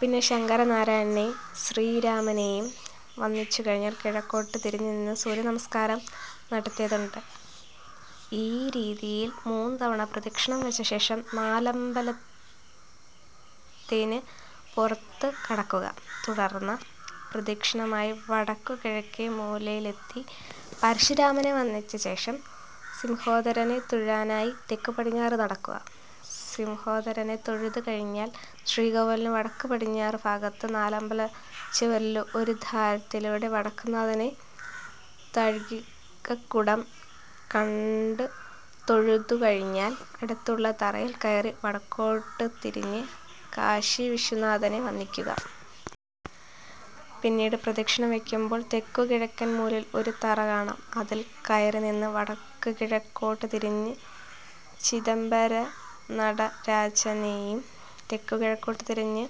പിന്നെ ശങ്കരനാരായണനെയും ശ്രീരാമനെയും വന്ദിച്ചുകഴിഞ്ഞാൽ കിഴക്കോട്ട് തിരിഞ്ഞുനിന്ന് സൂര്യനമസ്കാരം നടത്തേണ്ടതുണ്ട്. ഈ രീതിയിൽ മൂന്നുതവണ പ്രദക്ഷിണം വച്ചശേഷം നാലമ്പലത്തിന് പുറത്ത് കടക്കുക. തുടർന്ന് പ്രദക്ഷിണമായി വടക്കുകിഴക്കേമൂലയിലെത്തി പരശുരാമനെ വന്ദിച്ചശേഷം സിംഹോദരനെ തൊഴാനായി തെക്കുപടിഞ്ഞാറ് നടക്കുക. സിംഹോദരനെ തൊഴുതുകഴിഞ്ഞാൽ ശ്രീകോവിലിന് വടക്കുപടിഞ്ഞാറുഭാഗത്ത് നാലമ്പലച്ചുവരിലെ ഒരു ദ്വാരത്തിലൂടെ വടക്കുംനാഥന്റെ താഴികക്കുടം കണ്ടുതൊഴുതുകഴിഞ്ഞാൽ അടുത്തുള്ള തറയിൽ കയറി വടക്കുകിഴക്കോട്ട് തിരിഞ്ഞ് കാശീവിശ്വനാഥനെ വന്ദിയ്ക്കുക. പിന്നീട് പ്രദക്ഷിണം വയ്ക്കുമ്പോൾ തെക്കുകിഴക്കേമൂലയിൽ ഒരു തറ കാണാം. അതിൽ കയറിനിന്ന് വടക്കുകിഴക്കോട്ട് തിരിഞ്ഞ് ചിദംബരനടരാജനെയും തെക്കുകിഴക്കോട്ട് തിരിഞ്ഞ്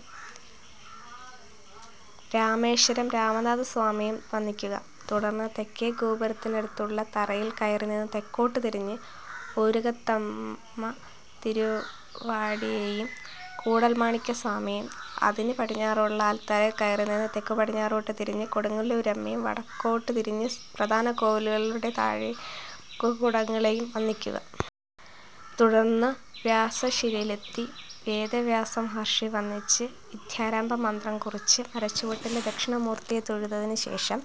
രാമേശ്വരം രാമനാഥസ്വാമിയെയും വന്ദിയ്ക്കുക. തുടർന്ന് തെക്കേ ഗോപുരത്തിനടുത്തുള്ള തറയിൽ കയറിനിന്ന് തെക്കോട്ട് തിരിഞ്ഞ് ഊരകത്തമ്മത്തിരുവടിയെയും കൂടൽമാണിക്യസ്വാമിയെയും അതിന് പടിഞ്ഞാറുള്ള ആൽത്തറയിൽ കയറിനിന്ന് തെക്കുപടിഞ്ഞാറോട്ട് തിരിഞ്ഞ് കൊടുങ്ങല്ലൂരമ്മയെയും വടക്കോട്ട് തിരിഞ്ഞ് പ്രധാനശ്രീകോവിലുകളുടെ താഴികക്കുടങ്ങളെയും വന്ദിയ്ക്കുക. തുടർന്ന് വ്യാസശിലയിലെത്തി വേദവ്യാസമഹർഷിയെ വന്ദിച്ച് വിദ്യാരംഭമന്ത്രം കുറിച്ച് മരച്ചുവട്ടിലെ ദക്ഷിണാമൂർത്തിയെ തൊഴുതശേഷം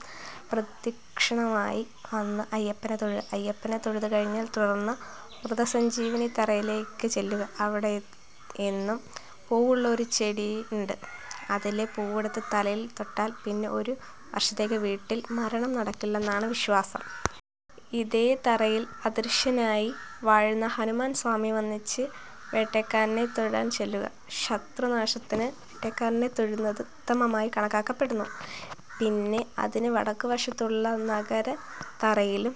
പ്രദക്ഷിണമായി വന്ന് അയ്യപ്പനെ തൊഴുക. അയ്യപ്പനെ തൊഴുതുകഴിഞ്ഞാൽ തുടർന്ന് മൃതസഞ്ജീവനിത്തറയിലേയ്ക്ക് ചെല്ലുക. അവിടെ എന്നും പൂവുള്ള ഒരു ചെടിയുണ്ട്. അതിലെ പൂവെടുത്ത് തലയിൽ തൊട്ടാൽ പിന്നെ ഒരു വർഷത്തേയ്ക്ക് വീട്ടിൽ മരണം നടക്കില്ലെന്നാണ് വിശ്വാസം. ഇതേ തറയിൽ അദൃശ്യനായി വാഴുന്ന ഹനുമാൻ സ്വാമിയെ വന്ദിച്ച് വേട്ടേയ്ക്കരനെ തൊഴാൻ ചെല്ലുക. ശത്രുനാശത്തിന് വേട്ടേയ്ക്കരനെ തൊഴുന്നത് ഉത്തമമായി കണക്കാക്കപ്പെടുന്നു. പിന്നെ അതിന് വടക്കുവശത്തുള്ള നാഗത്തറയിലും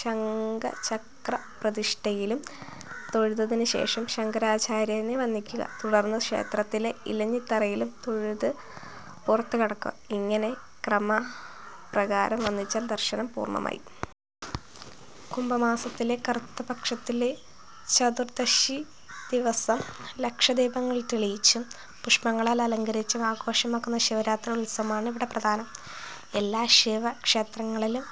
ശംഖചക്രപ്രതിഷ്ഠയിലും തൊഴുതശേഷം ശങ്കരാചാര്യരെ വന്ദിയ്ക്കുക. തുടർന്ന് ക്ഷേത്രത്തിലെ ഇലഞ്ഞിത്തറയിലും തൊഴുത് പുറത്ത് കടക്കുക. ഇങ്ങനെ ക്രമപ്രകാരം വന്ദിച്ചാൽ ദർശനം പൂർണമായി. കുംഭമാസത്തിലെ കറുത്തപക്ഷത്തിലെ ചതുർദ്ദശിദിവസം ലക്ഷദീപങ്ങൾ തെളിയിച്ചും പുഷ്പങ്ങളാൽ അലങ്കരിച്ചും ആഘോഷിയ്ക്കുന്ന ശിവരാത്രി ഉത്സവമാണ് ഇവിടെ പ്രധാനം. എല്ലാ ശിവക്ഷേത്രങ്ങളിലും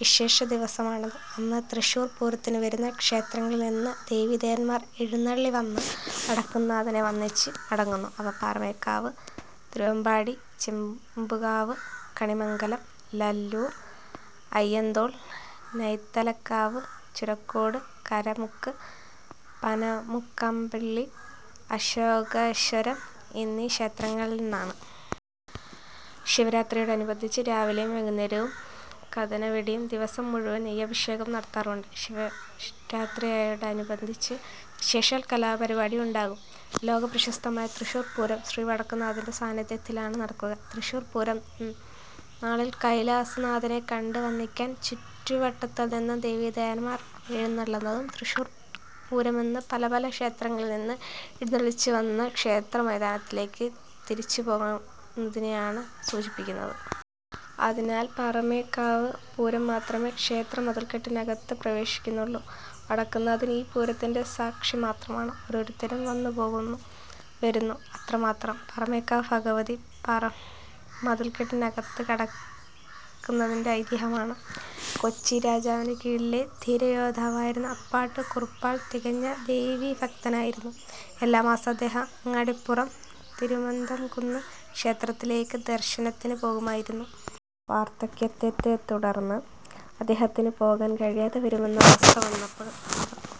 വിശേഷദിവസമാണിത്. അന്ന് തൃശ്ശൂർ പൂരത്തിനു വരുന്ന ക്ഷേത്രങ്ങളിൽ നിന്ന് ദേവീദേവന്മാർ എഴുന്നള്ളിവന്ന് വടക്കുംനാഥനെ വന്ദിച്ച് മടങ്ങുന്നു. അവ പാറമേക്കാവ്, തിരുവമ്പാടി, ചെമ്പുക്കാവ്, കണിമംഗലം, ലാലൂർ, അയ്യന്തോൾ, നൈതലക്കാവ്, ചൂരക്കോട്, കാരമുക്ക്, പനമുക്കമ്പിള്ളി, അശോകേശ്വരം എന്നീ ക്ഷേത്രങ്ങളിൽ നിന്നാണ്. ശിവരാത്രിയോടനുബന്ധിച്ച് രാവിലെയും വൈകുന്നേരവും കതിനവെടിയും ദിവസം മുഴുവൻ നെയ്യഭിഷേകവും നടത്താറുണ്ട്. ശിവരാത്രിയോടനുബന്ധിച്ച് വിശേഷാൽ കലാപരിപാടികളുമുണ്ടാകും. ലോക പ്രസിദ്ധമായ തൃശ്ശൂർ പൂരം ശ്രീ വടക്കുംനാഥന്റെസാനിധ്യത്തിലാണ് നടക്കുക. തൃശ്ശൂർ പൂരം നാളിൽ കൈലാസനാഥനെ കണ്ട് വന്ദിക്കാൻ ചുറ്റുവട്ടത്തിൽനിന്നു ദേവീദേവന്മാർ എഴുന്നള്ളുന്നതും തൃശ്ശൂർ പൂരമെന്നത് പല പല ക്ഷേത്രങ്ങളിൽ നിന്ന് എഴുന്നെള്ളിച്ച് വന്ന ക്ഷേത്രമൈതാനിയിലേക്ക് തിരിച്ചുപോകുന്നതിനെയാണ് സൂചിപ്പിക്കുന്നത്. അതിനാൽ പാറമേക്കാവ് പൂരം മാത്രമേ ക്ഷേത്രമതിൽക്കെട്ടിനകത്തേക്ക് പ്രവേശിക്കുന്നുള്ളൂ. വടക്കുന്നാഥൻ ഈ പൂരത്തിന്റെ സാക്ഷി മാത്രമാണ്. ഓരോരുത്തരും വന്നുപോകുന്നു, വരുന്നു. അത്രമാത്രം. പാറമേക്കാവ് ഭഗവതി മതിൽക്കെട്ടിനകത്തേക്ക് കടക്കുന്നതിന്റെ ഐതിഹ്യമിതാണ്: കൊച്ചിരാജാവിന്റെ കീഴിലെ ധീരയോദ്ധാവായിരുന്ന അപ്പാട്ട് കുറുപ്പാൾ തികഞ്ഞ ദേവീഭക്തനായിരുന്നു. എല്ലാമാസവും അദ്ദേഹം അങ്ങാടിപ്പുറം തിരുമാന്ധാംകുന്ന് ക്ഷേത്രത്തിലേയ്ക്ക് ദർശനത്തിനുപോകുമായിരുന്നു. വാർദ്ധക്യത്തെത്തുടർന്ന് അദ്ദേഹത്തിനുപോകാൻ കഴിയാതെ വരുമെന്ന അവസ്ഥ വന്നപ്പോൾ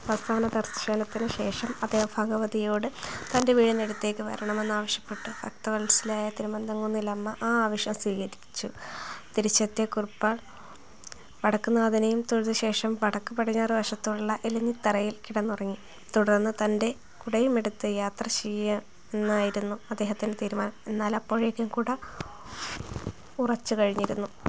അവസാനദർശനത്തിനുശേഷം അദ്ദേഹം ഭഗവതിയോട് തന്റെ വീടിനടുത്തേക്ക് വരണമെന്ന് ആവശ്യപ്പെട്ടു. ഭക്തവത്സലയായ തിരുമാന്ധാംകുന്നിലമ്മ ആ ആവശ്യം സ്വീകരിച്ചു. തിരിച്ചെത്തിയ കുറുപ്പാൾ വടക്കുന്നാഥനെയും തൊഴുതശേഷം വടക്കുപടിഞ്ഞാറുവശത്തുള്ള ഇലഞ്ഞിത്തറയിൽ കിടന്നുറങ്ങി. തുടർന്ന് തന്റെ കുടയുമെടുത്ത് യാത്രചെയ്യാമെന്നായിരുന്നു അദ്ദേഹത്തിന്റെ തീരുമാനം. എന്നാൽ അപ്പോഴേക്കും കുട ഉറച്ചുകഴിഞ്ഞിരുന്നു.